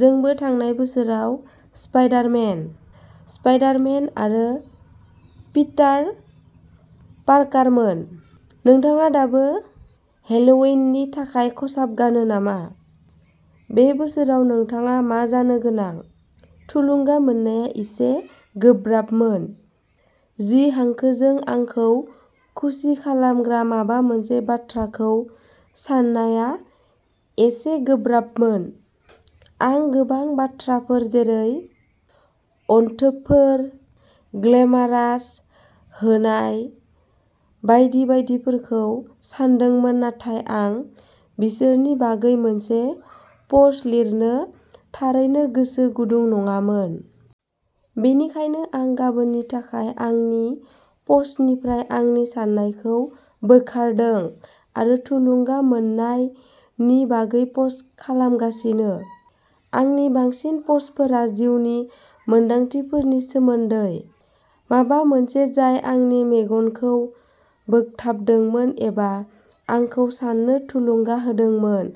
जोंबो थांनाय बोसोराव स्पाइडार मेन, स्पाइडार मेन आरो पिटार पार्कारमोन। नोंथाङा दाबो हेल'विननि थाखाय खसाब गानो नामा? बे बोसोराव नोंथाङा मा जानो गोनां? थुलुंगा मोननाया एसे गोब्राबमोन। जि हांखोजों आंखौ खुसि खालामग्रा माबा मोनसे बाथ्राखौ साननाया एसे गोब्राबमोन, आं गोबां बाथ्राफोर जेरै अनथोबफोर, ग्लेमारास, होनाय बायदि बायदिफोरखौ सानदोंमोन नाथाय आं बिसोरनि बागै मोनसे पस्ट लिरनो थारैनो गोसो गुदुं नङामोन। बेनिखायनो आं गाबोननि थाखाय आंनि पस्टनिफ्राय आंनि साननायखौ बोखारदों, आरो थुलुंगा मोन्नाय नि बागै पस्ट खालामगासिनो। आंनि बांसिन पस्टफोरा जिउनि मोनदांथिफोरनि सोमोन्दै, माबा मोनसे जाय आंनि मेगनखौ बोगथाबदोंमोन एबा आंखौ साननो थुलुंगा होदोंमोन,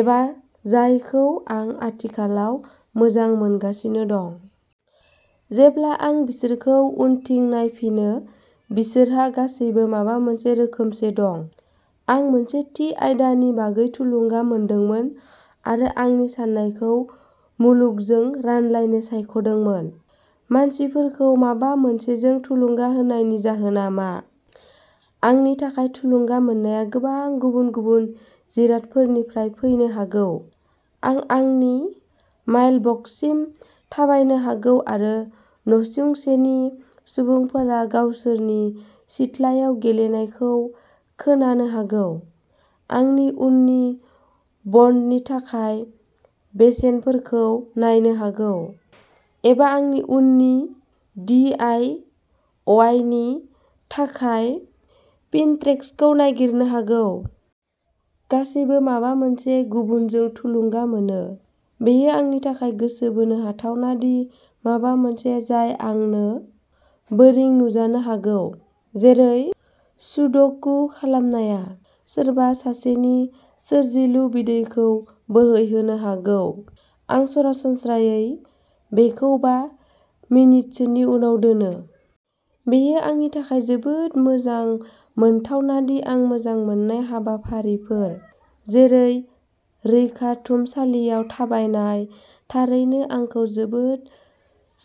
एबा जायखौ आं आथिखालाव मोजां मोनगासिनो दं। जेब्ला आं बिसोरखौ उनथिं नायफिनो, बिसोरहा गासिबो माबा मोनसे रोखोमसे दं, आं मोनसे थि आयदानि बागै थुलुंगा मोनदोंमोन आरो आंनि साननायखौ मुलुगजों रानलायनो सायख'दोंमोन। मानसिफोरखौ माबा मोनसेजों थुलुंगा होनायनि जाहोन मा? आंनि थाखाय थुलुंगा मोननाया गोबां गुबुन-गुबुन जिरादफोरनिफ्राय फैनो हागौ, आं आंनि माइलबक्ससिम थाबायनो हागौ आरो नसुंसेनि सुबुंफोरा गावसोरनि सिथ्लायाव गेलेनायखौ खोनानो हागौ, आंनि उननि बन्दनि थाखाय बेसेनफोरखौ नायनो हागौ, एबा आंनि उननि डि आइ अवाइ नि थाखाय पिनट्रेक्सखौ नागिरनो हागौ। गासैबो माबा मोनसे गुबुनजों थुलुंगा मोनो। बेयो आंनि थाखाय गोसो बोनो हाथावना दि माबा मोनसे जाय आंनो बोरिं नुजानो हागौ, जेरै सुड'कु खालामनाया, सोरबा सासेनि सोरजिलु बिदैखौ बोहैहोनो हागौ। आं सरासनस्रायै बेखौ बा मिनिटसोनि उनाव दोनो। बेयो आंनि थाखाय जोबोद मोजां मोनथावना दि आं मोजां मोन्नाय हाबाफारिफोर, जेरै रैखाथुमसालियाव थाबायनाय, थारैनो आंखौ जोबोद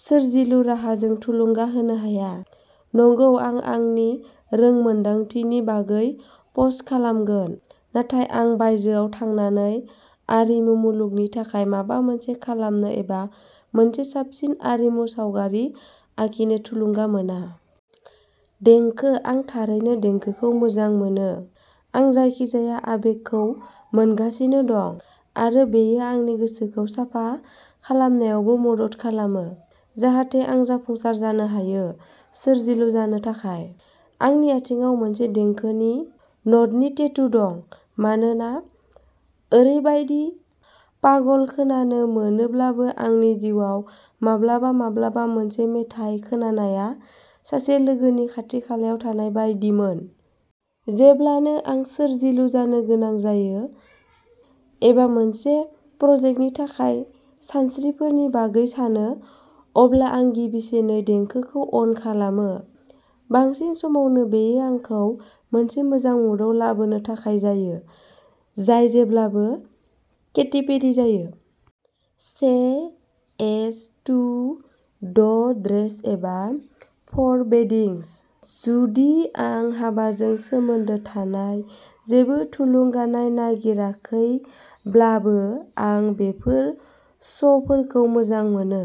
सोरजिलु राहाजों थुलुंगा होनो हाया। नंगौ, आं आंनि रोंमोनदांथिनि बागै पस्ट खालामगोन, नाथाय आं बायजोआव थांनानै आरिमु मुलुगनि थाखाय माबा मोनसे खालामनो एबा मोनसे साबसिन आरिमु सावगारि आखिनो थुलुंगा मोना। देंखो, आं थारैनो देंखोखौ मोजां मोनो, आं जायखिजाया आबेगखौ मोनगासिनो दं, आरो बेयो आंनि गोसोखौ साफा खालामनायावबो मदद खालामो, जाहाथे आं जाफुंसार जानो हायो। सोरजिलु जानो थाखाय। आंनि आथिंआव मोनसे देंखोनि न'टनि टेटु दं, मानोना ओरैबायदि पागल खोनानो मोनोब्लाबो आंनि जिउआव माब्लाबा माब्लाबा मोनसे मेथाइ खोनानाया सासे लोगोनि खाथि-खालायाव थानाय बायदिमोन। जेब्लानो आं सोरजिलु जानो गोनां जायो, एबा मोनसे प्रजेक्टनि थाखाय सानस्रिफोरनि बागै सानो, अब्ला आं गिबिसिनै देंखोखौ अन खालामो। बांसिन समावनो बेयो आंखौ मोनसे मोजां मुडआव लाबोनो थाखाय जायो, जाय जेब्लाबो केटी पेरी जायो। Say yes to the dress एबा फर वेडिंग्स। जुदि आं हाबाजों सोमोन्दो थानाय जेबो थुलुंगानाय नागिराखैब्लाबो, आं बेफोर श'फोरखौ मोजां मोनो,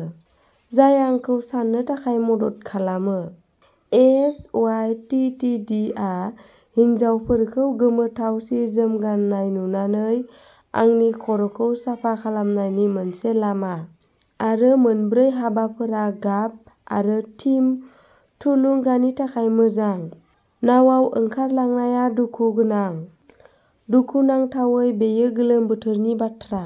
जाय आंखौ साननो थाखाय मदद खालामो। S Y T T D आ हिनजावफोरखौ गोमोथाव जि-जोम गाननाय नुनानै आंनि खर'खौ साफा खालामनायनि मोनसे लामा, आरो मोनब्रै हाबाफोरा गाब आरो थीम थुलुंगानि थाखाय मोजां। नावाव ओंखारलांनाया दुखुगोनां। दुखुनांथावै बेयो गोलोम बोथोरनि बाथ्रा।